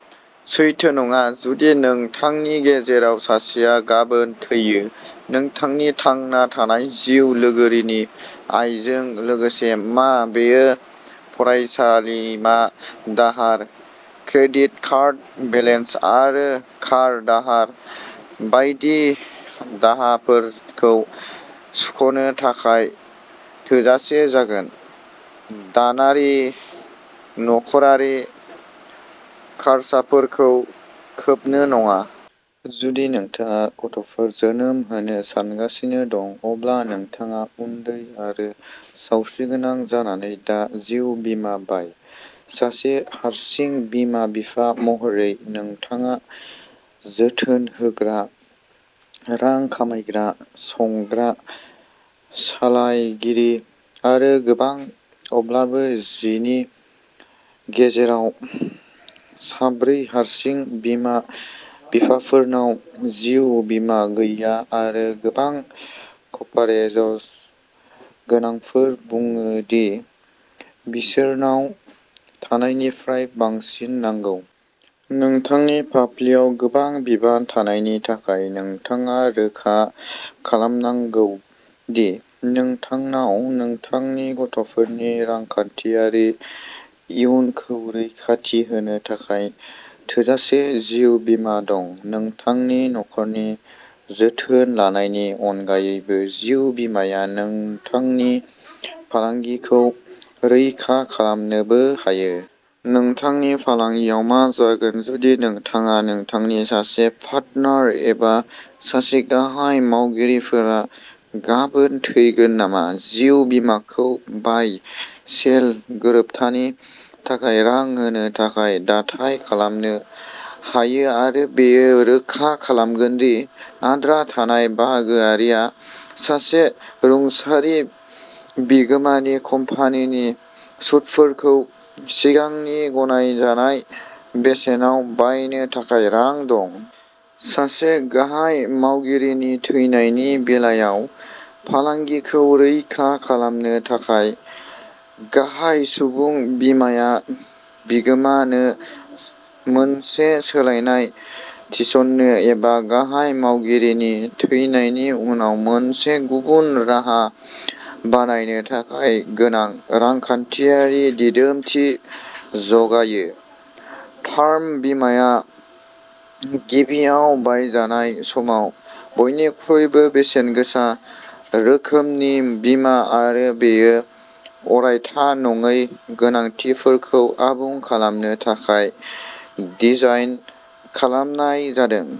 सैथो नङा। जुदि नोंथांनि गेजेराव सासेआ गाबोन थैयो? नोंथांनि थांना थानाय जिउ लोगोरिनि आयजों लोगोसे, मा बेयो फरायसालिमा दाहार, क्रेडिट कार्ड बेलेन्स आरो कार दाहार बायदि दाहारफोरखौ सुख'नो थाखाय थोजासे जागोन, दानारि नख'रारि खर्साफोरखौ खोबनो नाङा। जुदि नोंथाङा गथ'फोर जोनोम होनो सानगासिनो दं, अब्ला नोंथाङा उन्दै आरो सावस्रिगोनां जानानै दा जिउ बीमा बाय। सासे हारसिं बिमा-बिफा महरै, नोंथाङा जोथोन होग्रा, रां खामायग्रा, संग्रा, सालायगिरि आरो गोबां। अब्लाबो जिनि गेजेराव साब्रै हारसिं बिमा-बिफाफोरनाव जिउ बीमा गैया आरो गोबां कभारेज गोनांफोरा बुङो दि बिसोरनाव थानायनिफ्राय बांसिन नांगौ। नोंथांनि फाफ्लियाव गोबां बिबान थानायनि थाखाय, नोंथाङा रोखा खालामनांगौ दि नोंथांनाव नोंथांनि गथ'फोरनि रांखान्थियारि इयुनखौ रैखाथि होनो थाखाय थोजासे जिउ बीमा दं। नोंथांनि नखरनि जोथोन लानायनि अनगायैबो, जिउ बीमाआ नोंथांनि फालांगिखौ रैखा खालामनोबो हायो। नोंथांनि फालांगियाव मा जागोन जुदि नोंथाङा, नोंथांनि सासे पार्टनार एबा सासे गाहाय मावगिरिफोरा गाबोन थैगोन नामा? जिउ बीमाखौ बाय-सेल गोरोबथानि थाखाय रां होनो थाखाय दाथाइ खालामनो हायो आरो बेयो रोखा खालामगोन दि आद्रा थानाय बाहागोआरि आ सासे रुंसारि बिगोमानि कम्पानिनि सुदफोरखौ सिगांनि गनायजानाय बेसेनाव बायनो थाखाय रां दं। सासे गाहाय मावगिरिनि थैनायनि बेलायाव फालांगिखौ रैखा खालामनो थाखाय, गाहाय सुबुं बीमाआ बिगोमा नो मोनसे सोलायनाय थिसननो एबा गाहाय मावगिरिनि थैनायनि उनाव मोनसे गुबुन राहा बानायनो थाखाय गोनां रांखान्थियारि दिदोमथि जगायो। टार्म बीमाआ गिबियाव बायजानाय समाव बयनिख्रुइबो बेसेनगोसा रोखोमनि बीमा आरो बेखौ अरायथा नङै गोनांथिफोरखौ आबुं खालामनो थाखाय डिजाइन खालामनाय जादों।